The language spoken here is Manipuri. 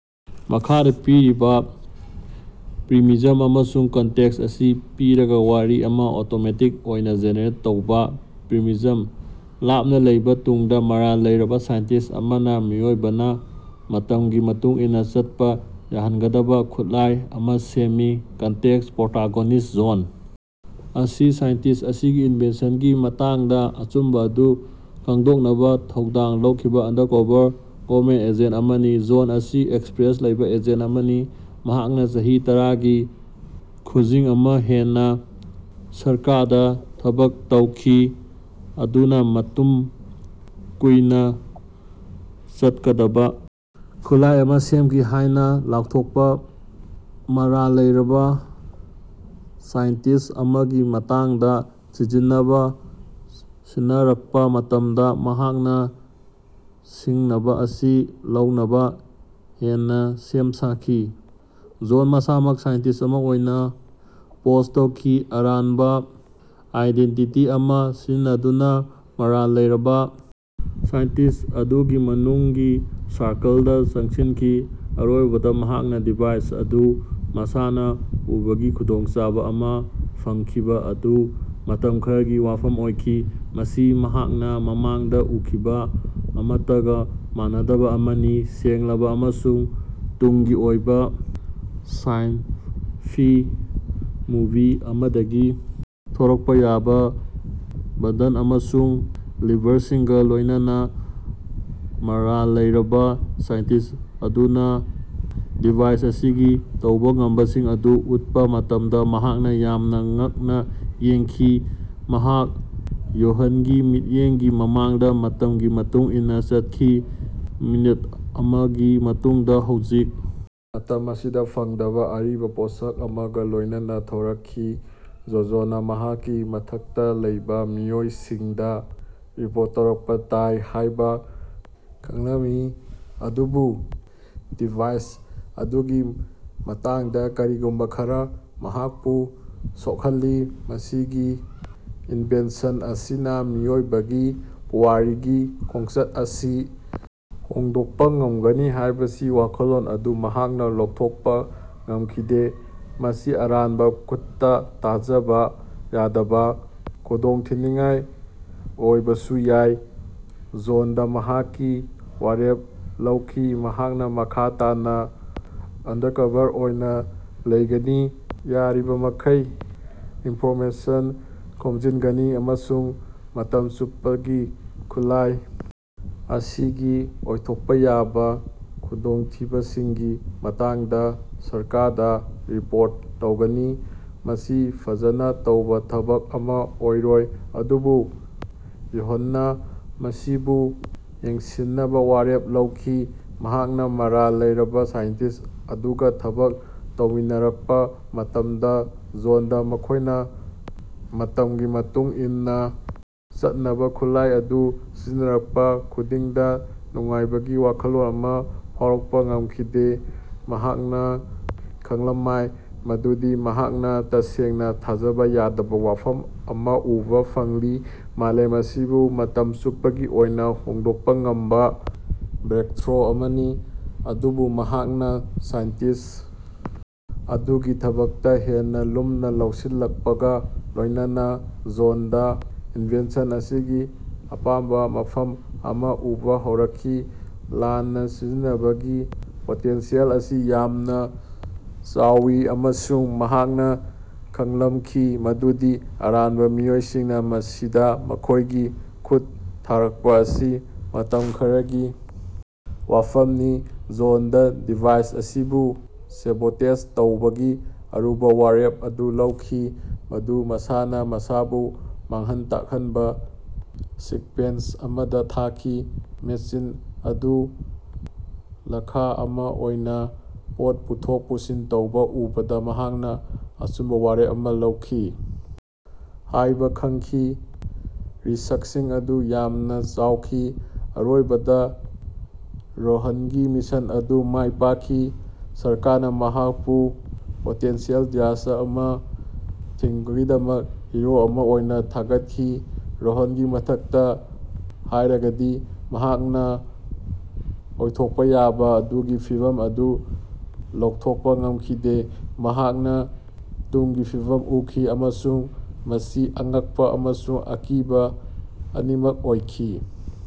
ꯃꯈꯥꯗ ꯄꯤꯔꯤꯕ ꯄ꯭ꯔꯤꯃꯤꯖꯝ ꯑꯃꯁꯨꯡ ꯀꯟꯇꯦꯛꯁ ꯑꯁꯤ ꯄꯤꯔꯒ ꯋꯥꯔꯤ ꯑꯃ ꯑꯣꯇꯣꯃꯦꯇꯤꯛ ꯑꯣꯏꯅ ꯖꯦꯅꯦꯔꯦꯠ ꯇꯧꯕ꯫ ꯄ꯭ꯔꯤꯃꯤꯖꯝ: ꯂꯥꯞꯅ ꯂꯩꯕ ꯇꯨꯡꯗ, ꯃꯔꯥꯜ ꯂꯩꯔꯕ ꯁꯥꯏꯟꯇꯤꯁ ꯑꯃꯅ ꯃꯤꯑꯣꯏꯕꯅ ꯃꯇꯝꯒꯤ ꯃꯇꯨꯡ ꯏꯟꯅ ꯆꯠꯄ ꯌꯥꯍꯟꯒꯗꯕ ꯈꯨꯠꯂꯥꯏ ꯑꯃ ꯁꯦꯝꯃꯤ꯫ ꯀꯟꯇꯦꯛꯁ: ꯄ꯭ꯔꯣꯇꯣꯒꯣꯅꯤꯁꯇ ꯖꯣꯟ ꯑꯁꯤ ꯁꯥꯏꯟꯇꯤꯁ ꯑꯁꯤꯒꯤ ꯏꯟꯚꯦꯟꯁꯟꯒꯤ ꯃꯇꯥꯡꯗ ꯑꯆꯨꯝꯕ ꯑꯗꯨ ꯈꯪꯗꯣꯛꯅꯕ ꯊꯧꯗꯥꯡ ꯂꯧꯈꯤꯕ ꯑꯟꯗꯔꯛꯚꯥꯔ ꯒꯕꯔꯅꯃꯦꯟꯇ ꯑꯦꯖꯦꯟꯇ ꯑꯃꯅꯤ꯫ ꯖꯣꯟ ꯑꯁꯤ ꯑꯦꯛꯁꯄꯔꯤꯌꯦꯟꯁ ꯂꯩꯕ ꯑꯦꯖꯦꯟꯇ ꯑꯃꯅꯤ, ꯃꯍꯥꯛꯅ ꯆꯍꯤ ꯇꯔꯒꯤ ꯈꯨꯖꯤꯡ ꯑꯃ ꯍꯦꯟꯅ ꯁꯔꯀꯥꯔꯗ ꯊꯕꯛ ꯇꯧꯈꯤ꯫ ꯑꯗꯨꯅ ꯃꯇꯝ ꯀꯨꯏꯅ ꯆꯠꯀꯗꯕ ꯈꯨꯠꯂꯥꯏ ꯑꯃ ꯁꯦꯝꯈꯤ ꯍꯥꯏꯅ ꯂꯥꯎꯊꯣꯛꯄ ꯃꯔꯥꯜ ꯂꯩꯔꯕ ꯁꯥꯏꯟꯇꯤꯁ ꯑꯃꯒꯤ ꯃꯇꯥꯡꯗ ꯊꯤꯖꯤꯟꯅꯕ ꯁꯤꯟꯅꯔꯛꯄ ꯃꯇꯝꯗ ꯃꯍꯥꯛꯅ ꯁꯤꯡꯅꯕ ꯑꯁꯤ ꯂꯧꯅꯕ ꯍꯦꯟꯅ ꯁꯦꯝ ꯁꯥꯈꯤ꯫ ꯖꯣꯟꯗ ꯃꯁꯥꯃꯛ ꯁꯥꯏꯟꯇꯤꯁꯠ ꯑꯃ ꯑꯣꯏꯅ ꯄꯣꯖ ꯇꯧꯈꯤ, ꯑꯔꯥꯟꯕ ꯑꯥꯏꯗꯦꯟꯇꯤꯇꯤ ꯑꯃ ꯁꯤꯖꯤꯟꯅꯗꯨꯅ ꯃꯔꯥꯜ ꯂꯩꯔꯕ ꯁꯥꯏꯟꯇꯤꯁ ꯑꯗꯨꯒꯤ ꯃꯅꯨꯡꯒꯤ ꯁꯔꯀꯂꯗ ꯆꯪꯁꯤꯟꯈꯤ꯫ ꯑꯔꯣꯏꯕꯗ ꯃꯍꯥꯛꯅ ꯗꯤꯚꯥꯏꯁ ꯑꯗꯨ ꯃꯁꯥꯅ ꯎꯕꯒꯤ ꯈꯨꯗꯣꯡꯆꯥꯕ ꯑꯃ ꯐꯪꯈꯤꯕ ꯑꯗꯨ ꯃꯇꯝ ꯈꯔꯒꯤ ꯋꯥꯐꯝ ꯑꯣꯏꯈꯤ꯫ ꯃꯁꯤ ꯃꯍꯥꯛꯅ ꯃꯃꯥꯡꯗ ꯎꯈꯤꯕ ꯑꯃꯠꯇꯒ ꯃꯥꯟꯅꯗꯕ ꯑꯃꯅꯤ- ꯁꯦꯡꯂꯕ ꯑꯃꯁꯨꯡ ꯇꯨꯡꯒꯤ ꯑꯣꯏꯕ, ꯁꯥꯏ-ꯐꯥꯏ ꯃꯨꯚꯤ ꯑꯃꯗꯒꯤ ꯊꯣꯔꯛꯄ ꯌꯥꯕ ꯕꯇꯟ ꯑꯃꯁꯨꯡ ꯂꯤꯚꯔꯁꯤꯡꯒ ꯂꯣꯏꯅꯅꯥ꯫ ꯃꯔꯥꯜ ꯂꯩꯔꯕꯥ ꯁꯥꯏꯟꯇꯤꯁ ꯑꯗꯨꯅ ꯗꯤꯚꯥꯏꯁ ꯑꯁꯤꯒꯤ ꯇꯧꯕ ꯉꯝꯕꯁꯤꯡ ꯑꯗꯨ ꯎꯠꯄ ꯃꯇꯝꯗ ꯃꯍꯥꯛꯅ ꯌꯥꯝꯅ ꯉꯛꯅ ꯌꯦꯡꯈꯤ꯫ ꯃꯍꯥꯛ ꯌꯣꯍꯥꯟꯒꯤ ꯃꯤꯠꯌꯦꯡꯒꯤ ꯃꯃꯥꯡꯗ ꯃꯇꯝꯒꯤ ꯃꯇꯨꯡ ꯏꯟꯅ ꯆꯠꯈꯤ, ꯃꯤꯅꯤꯠ ꯑꯃꯒꯤ ꯃꯇꯨꯡꯗ ꯍꯧꯖꯤꯛ ꯃꯇꯝ ꯑꯁꯤꯗ ꯐꯪꯗꯕ ꯑꯔꯤꯕ ꯄꯣꯠꯁꯛ ꯑꯃꯒ ꯂꯣꯏꯅꯅ ꯊꯣꯔꯛꯈꯤ꯫ ꯖꯣꯖꯣꯅ ꯃꯍꯥꯛꯀꯤ ꯃꯊꯛꯇ ꯂꯩꯕ ꯃꯤꯑꯣꯏꯁꯤꯡꯗ ꯔꯤꯄꯣꯔꯠ ꯇꯧꯔꯛꯄ ꯇꯥꯏ ꯍꯥꯏꯕ ꯈꯪꯂꯝꯏ ꯑꯗꯨꯕꯨ ꯗꯤꯚꯥꯏꯁ ꯑꯗꯨꯒꯤ ꯃꯇꯥꯡꯗ ꯀꯔꯤꯒꯨꯝꯕ ꯈꯔꯥ ꯃꯍꯥꯛꯄꯨ ꯁꯣꯛꯍꯜꯂꯤ꯫ ꯃꯁꯤꯒꯤ ꯏꯟꯚꯦꯟꯁꯟ ꯑꯁꯤꯅ ꯃꯤꯑꯣꯏꯕꯒꯤ ꯄꯨꯋꯥꯔꯤꯒꯤ ꯈꯣꯡꯆꯠ ꯑꯁꯤ ꯍꯣꯡꯗꯣꯛꯄ ꯉꯝꯒꯅꯤ ꯍꯥꯏꯕꯒꯤ ꯋꯥꯈꯜꯂꯣꯟ ꯑꯗꯨ ꯃꯍꯥꯛꯅ ꯂꯧꯊꯣꯛꯄ ꯉꯝꯈꯤꯗꯦ꯫ ꯃꯁꯤ ꯑꯔꯥꯟꯕ ꯈꯨꯠꯇ ꯊꯥꯖꯕ ꯌꯥꯗꯕ ꯈꯨꯗꯣꯡꯊꯤꯅꯤꯡꯉꯥꯏ ꯑꯣꯏꯕꯁꯨ ꯌꯥꯏ꯫ ꯖꯣꯟꯗ ꯃꯍꯥꯛꯀꯤ ꯋꯥꯔꯦꯞ ꯂꯧꯈꯤ- ꯃꯍꯥꯛꯅ ꯃꯈꯥ ꯇꯥꯅ ꯑꯟꯗꯔꯀꯚꯥꯔ ꯑꯣꯏꯅ ꯂꯩꯒꯅꯤ, ꯌꯥꯔꯤꯕꯃꯈꯩ ꯏꯟꯐꯣꯔꯃꯦꯁꯟ ꯈꯣꯝꯖꯤꯟꯒꯅꯤ, ꯑꯃꯁꯨꯡ ꯃꯇꯝ ꯆꯨꯞꯄꯒꯤ ꯈꯨꯠꯂꯥꯏ ꯑꯁꯤꯒꯤ ꯑꯣꯏꯊꯣꯛꯄ ꯌꯥꯕ ꯈꯨꯗꯣꯡꯊꯤꯕꯁꯤꯡꯒꯤ ꯃꯇꯥꯡꯗ ꯁꯔꯀꯥꯔꯗ ꯔꯤꯄꯣꯔꯠ ꯇꯧꯒꯅꯤ꯫ ꯃꯁꯤ ꯐꯖꯅ ꯇꯧꯕ ꯊꯕꯛ ꯑꯃ ꯑꯣꯏꯔꯣꯏ, ꯑꯗꯨꯕꯨ ꯌꯣꯍꯥꯟꯅ ꯃꯁꯤꯕꯨ ꯌꯦꯡꯁꯤꯟꯅꯕ ꯋꯥꯔꯦꯞ ꯂꯧꯈꯤ꯫ ꯃꯍꯥꯛꯅ ꯃꯔꯥꯜ ꯂꯩꯔꯕ ꯁꯥꯏꯟꯇꯤꯁ ꯑꯗꯨꯒ ꯊꯕꯛ ꯇꯧꯃꯤꯟꯅꯔꯛꯄ ꯃꯇꯝꯗ, ꯖꯣꯟꯗ ꯃꯈꯣꯏꯅ ꯃꯇꯝꯒꯤ ꯃꯇꯨꯡ ꯏꯟꯅ ꯆꯠꯅꯕ ꯈꯨꯠꯂꯥꯏ ꯑꯗꯨ ꯁꯤꯖꯤꯟꯅꯔꯛꯄ ꯈꯨꯗꯤꯡꯗ ꯅꯨꯡꯉꯥꯏꯕꯒꯤ ꯋꯥꯈꯜꯂꯣꯟ ꯑꯃ ꯐꯥꯎꯔꯛꯄꯥ ꯉꯝꯈꯤꯗꯦ꯫ ꯃꯍꯥꯛꯅ ꯈꯪꯂꯃꯏ ꯃꯗꯨꯗꯤ ꯃꯍꯥꯛꯅ ꯇꯁꯦꯡꯅ ꯊꯥꯖꯕ ꯌꯥꯗꯕ ꯋꯥꯐꯝ ꯑꯃ ꯎꯕ ꯐꯪꯂꯤ- ꯃꯥꯂꯦꯝ ꯑꯁꯤꯕꯨ ꯃꯇꯝ ꯆꯨꯞꯄꯒꯤ ꯑꯣꯏꯅ ꯍꯣꯡꯗꯣꯛꯄ ꯉꯝꯕ ꯕ꯭ꯔꯦꯛꯊ꯭ꯔꯣ ꯑꯃꯅꯤ꯫ ꯑꯗꯨꯕꯨ ꯃꯍꯥꯛꯅ ꯁꯥꯏꯟꯇꯤꯁꯠ ꯑꯗꯨꯒꯤ ꯊꯕꯛꯇ ꯍꯦꯟꯅ ꯂꯨꯝꯅ ꯂꯧꯁꯤꯜꯂꯛꯄꯒ ꯂꯣꯏꯅꯅꯥ ꯖꯣꯟꯗ ꯏꯟꯚꯦꯟꯁꯟ ꯑꯁꯤꯒꯤ ꯑꯃꯝꯕ ꯃꯐꯝ ꯑꯃ ꯎꯕ ꯍꯧꯔꯛꯈꯤ꯫ ꯂꯥꯟꯅ ꯁꯤꯖꯤꯟꯅꯕꯒꯤ ꯄꯣꯇꯦꯟꯁꯤꯌꯦꯜ ꯑꯁꯤ ꯌꯥꯝꯅ ꯆꯥꯎꯏ, ꯑꯃꯁꯨꯡ ꯃꯍꯥꯛꯅ ꯈꯪꯂꯝꯈꯤ ꯃꯗꯨꯗꯤ ꯑꯔꯥꯟꯕ ꯃꯤꯑꯣꯏꯁꯤꯡꯅ ꯃꯁꯤꯗ ꯃꯈꯣꯏꯒꯤ ꯈꯨꯠ ꯊꯥꯔꯛꯄ ꯑꯁꯤ ꯃꯇꯝ ꯈꯔꯒꯤ ꯋꯥꯐꯝꯅꯤ꯫ ꯖꯣꯟꯗ ꯗꯤꯚꯥꯏꯁ ꯑꯁꯤꯕꯨ ꯁꯦꯕꯣꯇꯦꯖ ꯇꯧꯕꯒꯤ ꯑꯔꯨꯕ ꯋꯥꯔꯦꯞ ꯑꯗꯨ ꯂꯧꯈꯤ, ꯃꯗꯨ ꯃꯁꯥꯅ ꯃꯁꯥꯕꯨ ꯃꯥꯡꯍꯟ ꯇꯥꯛꯍꯟꯕ ꯁꯤꯛꯕꯦꯟꯁ ꯑꯃꯗ ꯊꯥꯈꯤ꯫ ꯃꯦꯁꯤꯟ ꯑꯗꯨ ꯂꯥꯈ ꯑꯃ ꯑꯣꯏꯅ ꯄꯣꯠ ꯄꯨꯊꯣꯛ ꯄꯨꯁꯤꯟ ꯇꯧꯕ ꯎꯕꯗ ꯃꯍꯥꯛꯅ ꯑꯆꯨꯝꯕ ꯋꯥꯔꯦꯞ ꯑꯃ ꯂꯧꯈꯤ ꯍꯥꯏꯕ ꯈꯪꯈꯤ꯫ ꯔꯤꯁꯛꯁꯤꯡ ꯑꯗꯨ ꯌꯥꯝꯅ ꯆꯥꯎꯈꯤ꯫ ꯑꯔꯣꯏꯕꯗ ꯌꯣꯍꯥꯟꯒꯤ ꯃꯤꯁꯟ ꯑꯗꯨ ꯃꯥꯏꯄꯥꯛꯈꯤ꯫ ꯁꯔꯀꯥꯔꯅ ꯃꯍꯥꯛꯄꯨ ꯄꯣꯇꯦꯟꯁꯤꯌꯦꯜ ꯗꯤꯖꯥꯁꯇꯔ ꯑꯃ ꯊꯤꯡꯕꯒꯤꯗꯃꯛ ꯍꯤꯔꯣ ꯑꯃ ꯑꯣꯏꯅ ꯊꯥꯒꯠꯈꯤ꯫ ꯌꯣꯍꯥꯟꯒꯤ ꯃꯇꯥꯡꯗ ꯍꯥꯏꯔꯒꯗꯤ, ꯃꯍꯥꯛꯅ ꯑꯣꯏꯊꯣꯛꯄ ꯌꯥꯕ ꯑꯗꯨꯒꯤ ꯐꯤꯚꯝ ꯑꯗꯨ ꯂꯧꯊꯣꯛꯄ ꯉꯝꯈꯤꯗꯦ꯫ ꯃꯍꯥꯛꯅ ꯇꯨꯡꯒꯤ ꯐꯤꯕꯝ ꯎꯈꯤ- ꯑꯃꯁꯨꯡ ꯃꯁꯤ ꯑꯉꯛꯄꯥ ꯑꯃꯁꯨꯡ ꯑꯀꯤꯕ ꯑꯅꯤꯃꯛ ꯑꯣꯏꯈꯤ꯫।